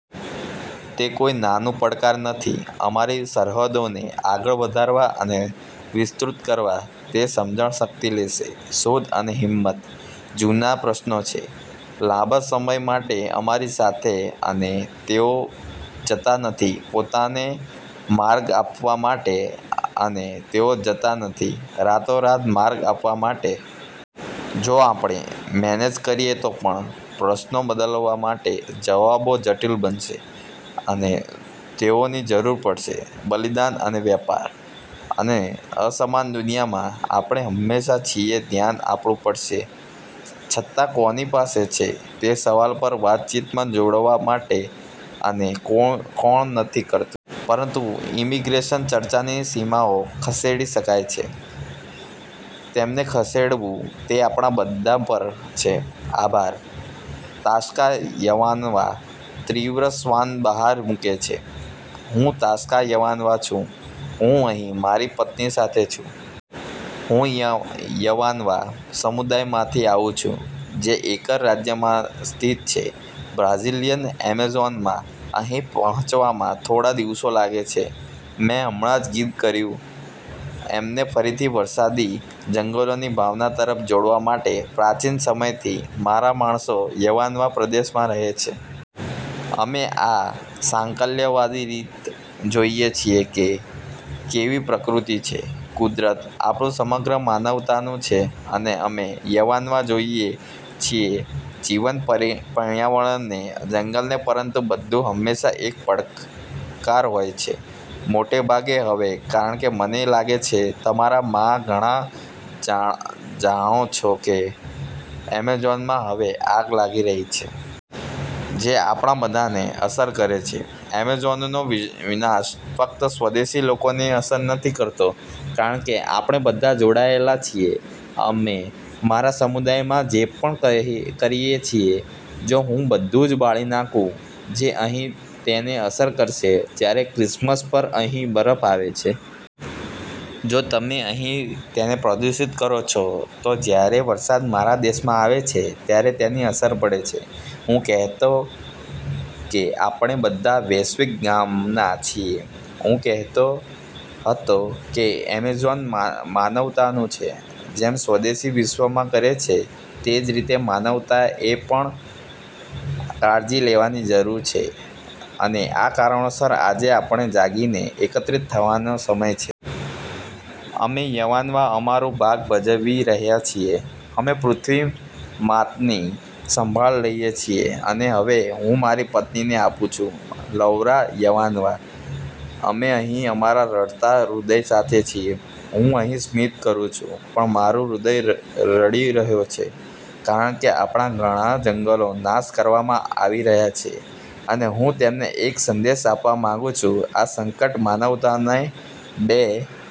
તે કોઈ નાનું પડકાર નથી અમારી સરહદોને આગળ વધારવા અને વિસ્તૃત કરવા. તે સમજશક્તિ લેશે, શોધ અને હિંમત. જૂના પ્રશ્નો છે લાંબા સમય માટે અમારી સાથે, અને તેઓ જતા નથી પોતાને માર્ગ આપવા માટે, અને તેઓ જતા નથી રાતોરાત માર્ગ આપવા માટે. જો આપણે મેનેજ કરીએ તો પણ પ્રશ્નો બદલવા માટે, જવાબો જટિલ બનશે, અને તેઓની જરૂર પડશે બલિદાન અને વેપાર. અને અસમાન દુનિયામાં, આપણે હંમેશાં છીએ ધ્યાન આપવું પડશે સત્તા કોની પાસે છે તે સવાલ પર વાતચીતમાં જોડાવા માટે અને કોણ નથી કરતું. પરંતુ ઇમિગ્રેશન ચર્ચાની સીમાઓ ખસેડી શકાય છે. તેમને ખસેડવું તે આપણા બધા પર છે. આભાર.. તાશ્કા યવાનવા તીવ્ર શ્વાસ બહાર મૂકે છે. હું તાશ્કા યવાનવા છું. હું અહીં મારી પત્ની સાથે છું. હું યવાનવા સમુદાય માંથી આવું છું, જે એકર રાજ્યમાં સ્થિત છે બ્રાઝીલીયન એમેઝોનમાં. અહીં પહોંચવામાં થોડા દિવસો લાગે છે. મેં હમણાં જ ગીત કર્યું અમને ફરીથી વરસાદી જંગલોની ભાવના તરફ જોડવા માટે પ્રાચીન સમયથી મારા માણસો યવાનાવા પ્રદેશમાં રહે છે. અમે આ સાકલ્યવાદી રીત જોઈએ છીએ કે કેવી પ્રકૃતિ છે. કુદરત, આપણુું સમગ્ર માનવતાનું છે અને અમે યવાનવા જોઈએ છીએ જીવંત પર્યાવરણને, જંગલને પરંતુ બધું હંમેશાં એક પડકાર હોય છે. મોટે ભાગે હવે કારણ કે મને લાગે છે તમારા માં ઘણા જાણો છો કે એમેઝોનમાં હવે આગ લાગી રહી છે. જે આપણા બધાને અસર કરે છે. એમેઝોનનો વિનાશ ફક્ત સ્વદેશી લોકોને અસર નથી કરતો, કારણ કે આપણે બધા જોડાયેલા છીએ. અમે મારા સમુદાયમાં જે પણ કરીએ છીએ, જો હું બધુ જ બાળી નાખું, જે અહીં તેને અસર કરશે, જ્યારે ક્રિસમસ પર અહીં બરફ આવે છે. જો તમે અહીં તેને પ્રદૂષિત કરો છો, તો જ્યારે વરસાદ મારા દેશમાં આવે છે, ત્યારે તેની અસર પડે છે. હું કહેતો કે આપણે બધા વૈશ્વિક ગામનાં છીએ. હું કહેતો હત, કે એમેઝોન માનવતાનું છે, જેમ સ્વદેશી વિશ્વમાં કરે છે તે જ રીતે માનવતાએ પણ કાળજી લેવાની જરૂર છે અને આ કારણોસર આજે આપણે જાગીને, એકત્રિત થવાનો સમય છે. અમે યવાનવા અમારું ભાગ ભજવી રહ્યા છીએ. અમે પૃથ્વી માત ની સંભાળ લઈએ છીએ. અને હવે, હું મારી પત્નીને આપું છું. લૌરા યવાનાવા: અમે અહીં અમારા રડતાં હૃદય સાથે છીએ. હું અહીં સ્મિત કરું છું, પણ મારું હૃદય રડી રહ્યો છે, કારણ કે આપણા ઘણા જંગલો નાશ કરવામાં આવી રહ્યા છે અને હું તમને એક સંદેશ આપવા માંગું છું. આ સંકટ માનવતાને બે